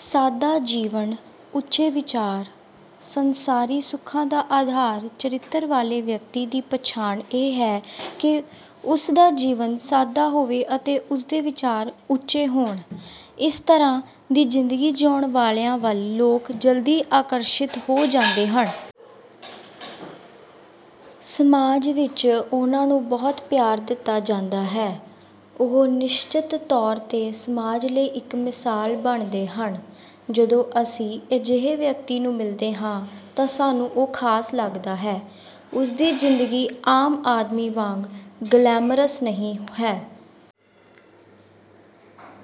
ਸਾਦਾ ਜੀਵਨ, ਉੱਚੇ ਵਿਚਾਰ, ਸੰਸਾਰੀ ਸੁੱਖਾਂ ਦਾ ਆਧਾਰ ਚਰਿੱਤਰ ਵਾਲੇ ਵਿਅਕਤੀ ਦੀ ਪਛਾਣ ਇਹ ਹੈ ਕਿ ਉਸ ਦਾ ਜੀਵਨ ਸਾਦਾ ਹੋਵੇ ਅਤੇ ਉਸ ਦੇ ਵਿਚਾਰ ਉੱਚੇ ਹੋਣ। ਇਸ ਤਰ੍ਹਾਂ ਦੀ ਜ਼ਿੰਦਗੀ ਜੀਉਣ ਵਾਲਿਆਂ ਵੱਲ ਲੋਕ ਜਲਦੀ ਆਕਰਸ਼ਿਤ ਹੋ ਜਾਂਦੇ ਹਨ। ਸਮਾਜ ਵਿੱਚ ਉਨ੍ਹਾਂ ਨੂੰ ਬਹੁਤ ਪਿਆਰ ਦਿੱਤਾ ਜਾਂਦਾ ਹੈ। ਉਹ ਨਿਸ਼ਚਿਤ ਤੌਰ 'ਤੇ ਸਮਾਜ ਲਈ ਇੱਕ ਮਿਸਾਲ ਬਣਦੇ ਹਨ। ਜਦੋਂ ਅਸੀਂ ਅਜਿਹੇ ਵਿਅਕਤੀ ਨੂੰ ਮਿਲਦੇ ਹਾਂ, ਤਾਂ ਸਾਨੂੰ ਉਹ ਖਾਸ ਲੱਗਦਾ ਹੈ। ਉਸ ਦੀ ਜ਼ਿੰਦਗੀ ਆਮ ਆਦਮੀ ਵਾਂਗ ਗਲੈਮਰਸ ਨਹੀਂ ਹੈ।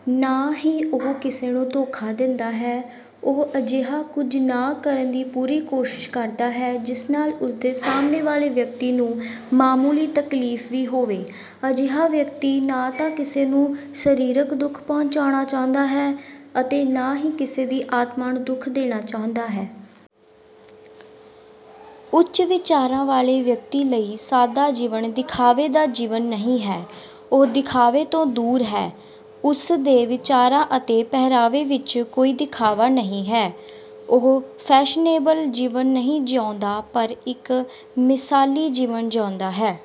ਨਾ ਹੀ ਉਹ ਕਿਸੇ ਨੂੰ ਧੋਖਾ ਦਿੰਦਾ ਹੈ। ਉਹ ਅਜਿਹਾ ਕੁਝ ਨਾ ਕਰਨ ਦੀ ਪੂਰੀ ਕੋਸ਼ਿਸ਼ ਕਰਦਾ ਹੈ ਜਿਸ ਨਾਲ ਉਸ ਦੇ ਸਾਹਮਣੇ ਵਾਲੇ ਵਿਅਕਤੀ ਨੂੰ ਮਾਮੂਲੀ ਤਕਲੀਫ ਵੀ ਹੋਵੇ। ਅਜਿਹਾ ਵਿਅਕਤੀ ਨਾ ਤਾਂ ਕਿਸੇ ਨੂੰ ਸਰੀਰਕ ਦੁੱਖ ਪਹੁੰਚਾਉਣਾ ਚਾਹੁੰਦਾ ਹੈ ਅਤੇ ਨਾ ਹੀ ਕਿਸੇ ਦੀ ਆਤਮਾ ਨੂੰ ਦੁੱਖ ਦੇਣਾ ਚਾਹੁੰਦਾ ਹੈ। ਉੱਚ ਵਿਚਾਰਾਂ ਵਾਲੇ ਵਿਅਕਤੀ ਲਈ ਸਾਦਾ ਜੀਵਨ ਦਿਖਾਵੇ ਦਾ ਜੀਵਨ ਨਹੀਂ ਹੈ। ਉਹ ਦਿਖਾਵੇ ਤੋਂ ਦੂਰ ਹੈ। ਉਸ ਦੇ ਵਿਚਾਰਾਂ ਅਤੇ ਪਹਿਰਾਵੇ ਵਿਚ ਕੋਈ ਦਿਖਾਵਾ ਨਹੀਂ ਹੈ। ਉਹ ਫੈਸ਼ਨੇਬਲ ਜੀਵਨ ਨਹੀਂ ਜੀਉਂਦਾ ਪਰ ਇੱਕ ਮਿਸਾਲੀ ਜੀਵਨ ਜਿਉਂਦਾ ਹੈ।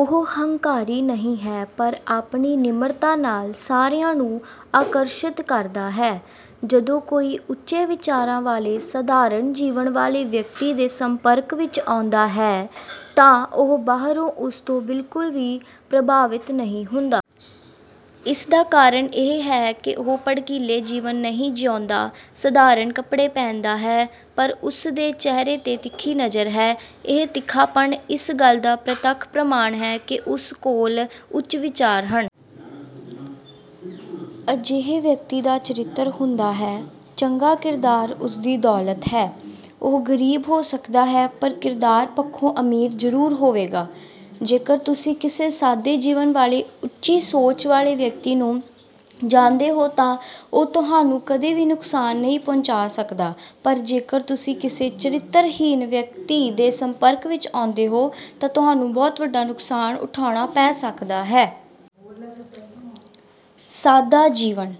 ਉਹ ਹੰਕਾਰੀ ਨਹੀਂ ਹੈ ਪਰ ਆਪਣੀ ਨਿਮਰਤਾ ਨਾਲ ਸਾਰਿਆਂ ਨੂੰ ਆਕਰਸ਼ਿਤ ਕਰਦਾ ਹੈ। ਜਦੋਂ ਕੋਈ ਉੱਚੇ ਵਿਚਾਰਾਂ ਵਾਲੇ ਸਧਾਰਨ ਜੀਵਨ ਵਾਲੇ ਵਿਅਕਤੀ ਦੇ ਸੰਪਰਕ ਵਿੱਚ ਆਉਂਦਾ ਹੈ, ਤਾਂ ਉਹ ਬਾਹਰੋਂ ਉਸ ਤੋਂ ਬਿਲਕੁਲ ਵੀ ਪ੍ਰਭਾਵਿਤ ਨਹੀਂ ਹੁੰਦਾ। ਇਸ ਦਾ ਕਾਰਨ ਇਹ ਹੈ ਕਿ ਉਹ ਭੜਕੀਲੇ ਜੀਵਨ ਨਹੀਂ ਜੀਉਂਦਾ। ਸਧਾਰਨ ਕੱਪੜੇ ਪਹਿਨਦਾ ਹੈ ਪਰ ਉਸ ਦੇ ਚਿਹਰੇ 'ਤੇ ਤਿੱਖੀ ਨਜ਼ਰ ਹੈ। ਇਹ ਤਿੱਖਾਪਣ ਇਸ ਗੱਲ ਦਾ ਪ੍ਰਤੱਖ ਪ੍ਰਮਾਣ ਹੈ ਕਿ ਉਸ ਕੋਲ ਉੱਚ ਵਿਚਾਰ ਹਨ। ਅਜਿਹੇ ਵਿਅਕਤੀ ਦਾ ਚਰਿੱਤਰ ਹੁੰਦਾ ਹੈ। ਚੰਗਾ ਕਿਰਦਾਰ ਉਸ ਦੀ ਦੌਲਤ ਹੈ। ਉਹ ਗਰੀਬ ਹੋ ਸਕਦਾ ਹੈ ਪਰ ਕਿਰਦਾਰ ਪੱਖੋਂ ਅਮੀਰ ਜ਼ਰੂਰ ਹੋਵੇਗਾ। ਜੇਕਰ ਤੁਸੀਂ ਕਿਸੇ ਸਾਦੇ ਜੀਵਨ ਵਾਲੇ ਉੱਚੀ ਸੋਚ ਵਾਲੇ ਵਿਅਕਤੀ ਨੂੰ ਜਾਣਦੇ ਹੋ ਤਾਂ ਉਹ ਤੁਹਾਨੂੰ ਕਦੇ ਵੀ ਨੁਕਸਾਨ ਨਹੀਂ ਪਹੁੰਚਾ ਸਕਦਾ ਪਰ ਜੇਕਰ ਤੁਸੀਂ ਕਿਸੇ ਚਰਿੱਤਰਹੀਣ ਵਿਅਕਤੀ ਦੇ ਸੰਪਰਕ ਵਿੱਚ ਆਉਂਦੇ ਹੋ ਤਾਂ ਤੁਹਾਨੂੰ ਬਹੁਤ ਵੱਡਾ ਨੁਕਸਾਨ ਉਠਾਉਣਾ ਪੈ ਸਕਦਾ ਹੈ। ਸਾਦਾ ਜੀਵਨ: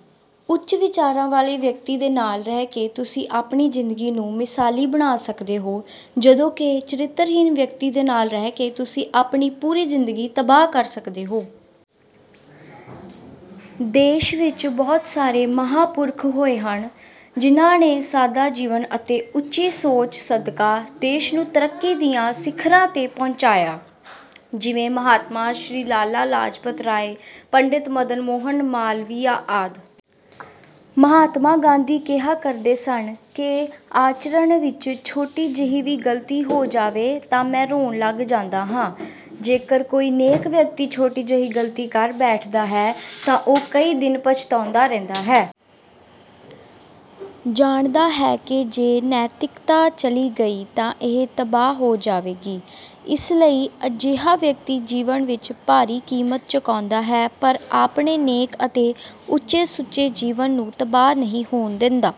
ਉੱਚ ਵਿਚਾਰਾਂ ਵਾਲੇ ਵਿਅਕਤੀ ਦੇ ਨਾਲ ਰਹਿ ਕੇ ਤੁਸੀਂ ਆਪਣੀ ਜ਼ਿੰਦਗੀ ਨੂੰ ਮਿਸਾਲੀ ਬਣਾ ਸਕਦੇ ਹੋ ਜਦੋਂ ਕਿ ਚਰਿੱਤਰਹੀਣ ਵਿਅਕਤੀ ਦੇ ਨਾਲ ਰਹਿ ਕੇ ਤੁਸੀਂ ਆਪਣੀ ਪੂਰੀ ਜ਼ਿੰਦਗੀ ਤਬਾਹ ਕਰ ਸਕਦੇ ਹੋ। ਦੇਸ਼ ਵਿੱਚ ਬਹੁਤ ਸਾਰੇ ਮਹਾਪੁਰਖ ਹੋਏ ਹਨ, ਜਿਨ੍ਹਾਂ ਨੇ ਸਾਦਾ ਜੀਵਨ ਅਤੇ ਉੱਚੀ ਸੋਚ ਸਦਕਾ ਦੇਸ਼ ਨੂੰ ਤਰੱਕੀ ਦੀਆਂ ਸਿਖਰਾਂ 'ਤੇ ਪਹੁੰਚਾਇਆ। ਜਿਵੇਂ ਮਹਾਤਮਾ ਸ਼੍ਰੀ ਲਾਲਾ ਲਾਜਪਤ ਰਾਏ, ਪੰਡਿਤ ਮਦਨ ਮੋਹਨ ਮਾਲਵੀਆ ਆਦਿ। ਮਹਾਤਮਾ ਗਾਂਧੀ ਕਿਹਾ ਕਰਦੇ ਸਨ ਕਿ ਆਚਰਣ ਵਿੱਚ ਛੋਟੀ ਜਿਹੀ ਵੀ ਗਲਤੀ ਹੋ ਜਾਵੇ ਤਾਂ ਮੈਂ ਰੋਣ ਲੱਗ ਜਾਂਦਾ ਹਾਂ। ਜੇਕਰ ਕੋਈ ਨੇਕ ਵਿਅਕਤੀ ਛੋਟੀ ਜਿਹੀ ਗਲਤੀ ਕਰ ਬੈਠਦਾ ਹੈ, ਤਾਂ ਉਹ ਕਈ ਦਿਨ ਪਛਤਾਉਂਦਾ ਰਹਿੰਦਾ ਹੈ। ਜਾਣਦਾ ਹੈ ਕਿ ਜੇ ਨੈਤਿਕਤਾ ਚਲੀ ਗਈ ਤਾਂ ਇਹ ਤਬਾਹ ਹੋ ਜਾਵੇਗੀ। ਇਸ ਲਈ ਅਜਿਹਾ ਵਿਅਕਤੀ ਜੀਵਨ ਵਿੱਚ ਭਾਰੀ ਕੀਮਤ ਚੁਕਾਉਂਦਾ ਹੈ ਪਰ ਆਪਣੇ ਨੇਕ ਅਤੇ ਉੱਚੇ-ਸੁੱਚੇ ਜੀਵਨ ਨੂੰ ਤਬਾਹ ਨਹੀਂ ਹੋਣ ਦਿੰਦਾ।